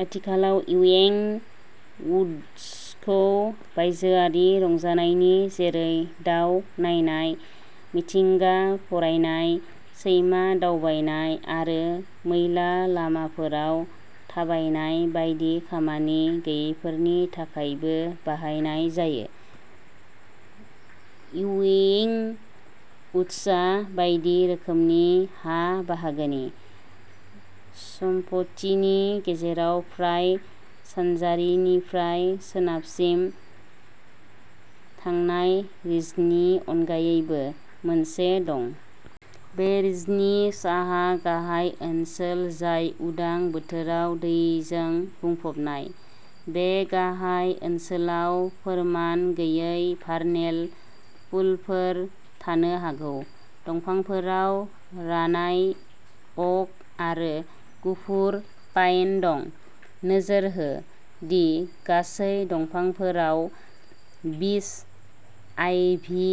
आथिखालाव, इउइं उड्सखौ बायजोआरि रंजानाय जेरै दाव नायनाय, मिथिंगा फरायनाय, सैमा थाबायनाय आरो मैला लामाफोराव थाबायनाय बायदि खामानि गैयैफोरनि थाखायबो बाहायनाय जायो। इउइं उड्सआ बायदि रोखोमनि हा-बाहागोनि। सम्पथिनि गेजेराव फ्राय सानजानिफ्राय सोनाबसिम थांनाय रिजनि अनगायैबो, मोनसे दं। बे रिजनि साहा गाहाय ओनसोल जाय उदां बोथोराव दैजों बुंफबनाय। बे गाहाय ओनसोलाव फोरमान गैयै भार्नेल पुलफोर थानो हागौ। दंफांफोराव रानाय अक आरो गुफुर पाइन दं। नोजोर हो दि गासै दंफांफोराव बिस आइभि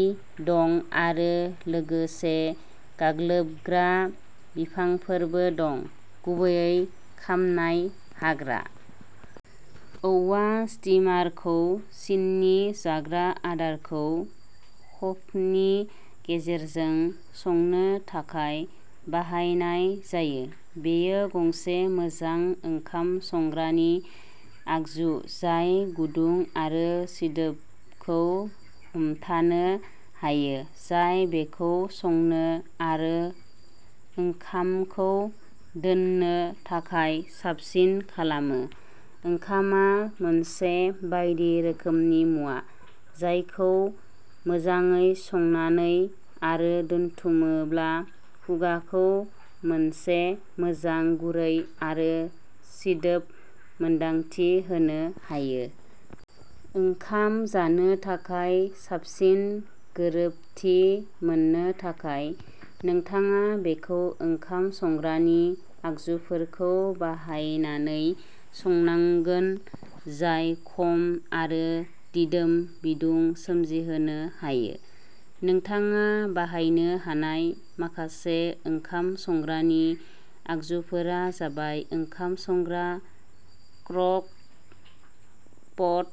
दं आरो लोगोसे गाग्लोबग्रा बिफांफोरबो दं, गुबैयै "खामनाय हाग्रा"। औवा स्टिमारखौ चीननि जाग्रा आदारखौ खफनि गेजेरजों संनो थाखाय बाहायनाय जायो। बेयो गंसे मोजां ओंखाम संग्रानि आगजु, जाय गुदुं आरो सिदोबखौ हमथानो हायो, जाय बेखौ संनो आरो ओंखामखौ दोननो थाखाय साबसिन खालामो। ओंखामआ मोनसे बायदि रोखोमनि मुवा, जायखौ मोजाङै संनानै आरो दोनथुमोब्ला, खुगाखौ मोनसे मोजां गुरै आरो सिदोब मोनदांथि होनो हायो। ओंखाम जानो थाखाय साबसिन गोरोबथि मोननो थाखाय, नोंथाङा बेखौ ओंखाम संग्रानि आगजुफोरखौ बाहायनानै संनांगोन, जाय खम आरो दिदोम बिदुं सोमजिहोनो हायो। नोंथाङा बाहायनो हानाय माखासे ओंखाम संग्रानि आगजुफोरा जाबाय ओंखाम संग्रा, क्रक-पट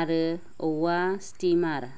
आरो औवा स्टिमार।